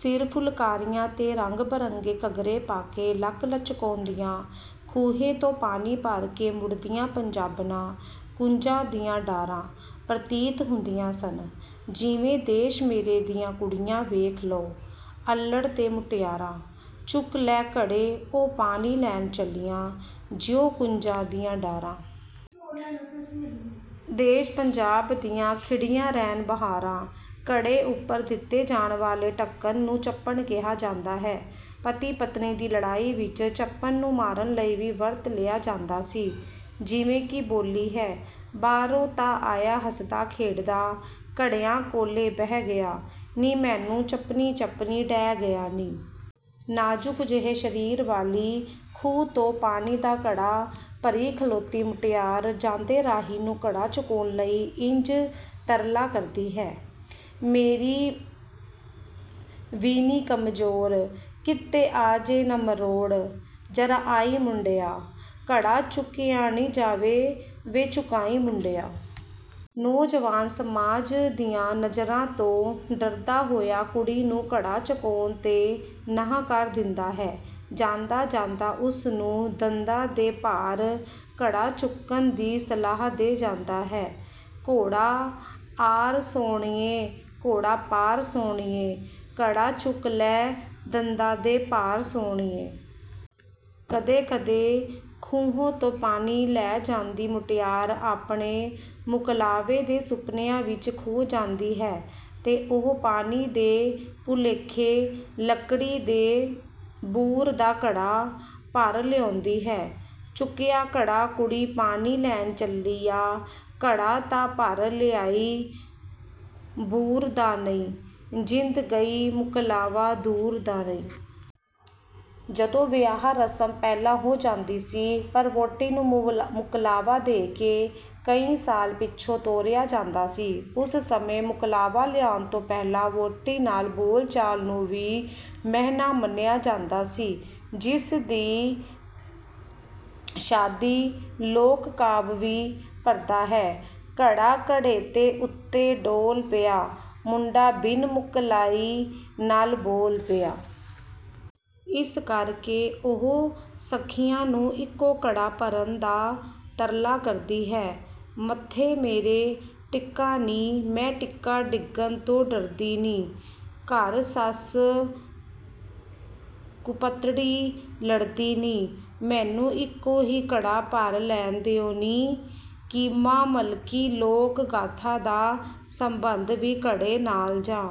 ਸਿਰ ਫੁਲਕਾਰੀਆਂ ਤੇ ਰੰਗ-ਬਰੰਗੇ ਘੱਗਰੇ ਪਾ ਕੇ ਲੱਕ ਲਚਕਾਉਂਦੀਆਂ ਖੂਹੇ ਤੋਂ ਪਾਣੀ ਭਰ ਕੇ ਮੁੜਦੀਆਂ ਪੰਜਾਬਣਾਂ ਕੂੰਜਾਂ ਦੀਆਂ ਡਾਰਾਂ ਪ੍ਰਤੀਤ ਹੁੰਦੀਆਂ ਸਨ। ਜਿਵੇਂ ਦੇਸ਼ ਮੇਰੇ ਦੀਆਂ ਕੁੜੀਆਂ ਵੇਖ ਲਓ, ਅੱਲ੍ਹੜ ਤੇ ਮੁਟਿਆਰਾਂ। ਚੁੱਕ ਲੈ ਘੜੇ ਉਹ ਪਾਣੀ ਲੈਣ ਚੱਲੀਆਂ, ਜਿਉਂ ਕੂੰਜਾਂ ਦੀਆਂ ਡਾਰਾਂ। ਦੇਸ਼ ਪੰਜਾਬ ਦੀਆਂ ਖਿੜੀਆਂ ਰਹਿਣ ਬਹਾਰਾਂ। ਘੜੇ ਉੱਪਰ ਦਿੱਤੇ ਜਾਣ ਵਾਲੇ ਢੱਕਣ ਨੂੰ 'ਚੱਪਣ' ਕਿਹਾ ਜਾਂਦਾ ਹੈ। ਪਤੀ-ਪਤਨੀ ਦੀ ਲੜਾਈ ਵਿੱਚ ਚੱਪਣ ਨੂੰ ਮਾਰਨ ਲਈ ਵੀ ਵਰਤ ਲਿਆ ਜਾਂਦਾ ਸੀ, ਜਿਵੇਂ ਕਿ ਬੋਲੀ ਹੈ: ਬਾਹਰੋਂ ਤਾਂ ਆਇਆ ਹੱਸਦਾ ਖੇਡਦਾ, ਘੜਿਆਂ ਕੋਲੇ ਬਹਿ ਗਿਆ ਨੀਂਮੈਨੂੰ ਚੱਪਣੀ ਚੱਪਣੀ ਡਹਿ ਗਿਆ ਨੀਂ। ਨਾਜ਼ੁਕ ਜਿਹੇ ਸਰੀਰ ਵਾਲੀ ਖੂਹ ਤੋਂ ਪਾਣੀ ਦਾ ਘੜਾ ਭਰੀ ਖਲੋਤੀ ਮੁਟਿਆਰ ਜਾਂਦੇ ਰਾਹੀ ਨੂੰ ਘੜਾ ਚੁਕਾਉਣ ਲਈ ਇੰਜ ਤਰਲਾ ਕਰਦੀ ਹੈ: ਮੇਰੀ ਵੀਣੀ ਕਮਜ਼ੋਰ, ਕਿਤੇ ਆ ਜੇ ਨਾ ਮਰੋੜ। ਜ਼ਰਾ ਆਈਂ ਮੁੰਡਿਆ। ਘੜਾ ਚੁੱਕਿਆ ਨੀਂ ਜਾਵੇ, ਵੇ ਚੁਕਾਈਂ ਮੁੰਡਿਆ। ਨੌਜਵਾਨ ਸਮਾਜ ਦੀਆਂ ਨਜ਼ਰਾਂ ਤੋਂ ਡਰਦਾ ਹੋਇਆ ਕੁੜੀ ਨੂੰ ਘੜਾ ਚੁਕਾਉਣ ਤੋਂ ਨਾਂਹ ਕਰ ਦਿੰਦਾ ਹੈ। ਜਾਂਦਾ-ਜਾਂਦਾ ਉਸ ਨੂੰ ਦੰਦਾਂ ਦੇ ਭਾਰ ਘੜਾ ਚੁੱਕਣ ਦੀ ਸਲਾਹ ਦੇ ਜਾਂਦਾ ਹੈ: ਘੋੜਾ ਆਰ ਸੋਹਣੀਏ, ਘੋੜਾ ਪਾਰ ਸੋਹਣੀਏ, ਘੜਾ ਚੁੱਕ ਲੈ, ਦੰਦਾਂ ਦੇ ਭਾਰ ਸੋਹਣੀਏ। ਕਦੇ-ਕਦੇ ਖੂਹੇ ਤੋਂ ਪਾਣੀ ਲੈ ਜਾਂਦੀ ਮੁਟਿਆਰ ਆਪਣੇ ਮੁਕਲਾਵੇ ਦੇ ਸੁਪਨਿਆਂ ਵਿੱਚ ਖੋ ਜਾਂਦੀ ਹੈ ਤੇ ਉਹ ਪਾਣੀ ਦੇ ਭੁਲੇਖੇ ਲੱਕੜੀ ਦੇ ਬੂਰ ਦਾ ਘੜਾ ਭਰ ਲਿਆਉਂਦੀ ਹੈ: ਚੁੱਕਿਆ ਘੜਾ ਕੁੜੀ ਪਾਣੀ ਲੈਣ ਚੱਲੀ ਆ, ਘੜਾ ਤਾਂ ਭਰ ਲਿਆਈ ਬੂਰ ਦਾ ਨੀਂ, ਜਿੰਦ ਗਈ ਮੁਕਲਾਵਾ ਦੂਰ ਦਾ ਨੀਂ। ਜਦੋਂ ਵਿਆਹ ਰਸਮ ਪਹਿਲਾਂ ਹੋ ਜਾਂਦੀ ਸੀ ਪਰ ਵਹੁਟੀ ਨੂੰ ਮੁਕਲਾਵਾ ਦੇ ਕੇ ਕਈ ਸਾਲ ਪਿੱਛੋਂ ਤੋਰਿਆ ਜਾਂਦਾ ਸੀ। ਉਸ ਸਮੇਂ ਮੁਕਲਾਵਾ ਲਿਆਉਣ ਤੋਂ ਪਹਿਲਾਂ ਵਹੁਟੀ ਨਾਲ ਬੋਲ-ਚਾਲ ਨੂੰ ਵੀ ਮਿਹਣਾ ਮੰਨਿਆ ਜਾਂਦਾ ਸੀ, ਜਿਸ ਦੀ ਸ਼ਾਅਦੀ ਲੋਕ-ਕਾਵਿ ਵੀ ਭਰਦਾ ਹੈ: ਘੜਾ ਘੜੇ ਦੇ ਉੱਤੇ ਡੋਲ ਪਿਆ, ਮੁੰਡਾ ਬਿਨ ਮੁਕਲਾਈ ਨਾਲ ਬੋਲ ਪਿਆ। ਇਸ ਕਰ ਕੇ ਉਹ ਸਖ਼ੀਆਂ ਨੂੰ ਇੱਕੋ ਘੜਾ ਭਰਨ ਦਾ ਤਰਲਾ ਕਰਦੀ ਹੈ:ਮੱਥੇ ਮੇਰੇ ਟਿੱਕਾ ਨੀਂ, ਮੈਂ ਟਿੱਕਾ ਡਿੱਗਣ ਤੋਂ ਡਰਦੀ ਨੀਂ, ਘਰ ਸੱਸ ਕੁਪੱਤੜੀ ਲੜਦੀ ਨੀਂ। ਮੈਨੂੰ ਇੱਕੋ ਹੀ ਘੜਾ ਭਰ ਲੈਣ ਦਿਓ ਨੀਂ। ਕੀਮਾ-ਮਲਕੀ ਲੋਕ-ਗਾਥਾ ਦਾ ਸਬੰਧ ਵੀ ਘੜੇ ਨਾਲ ਜਾ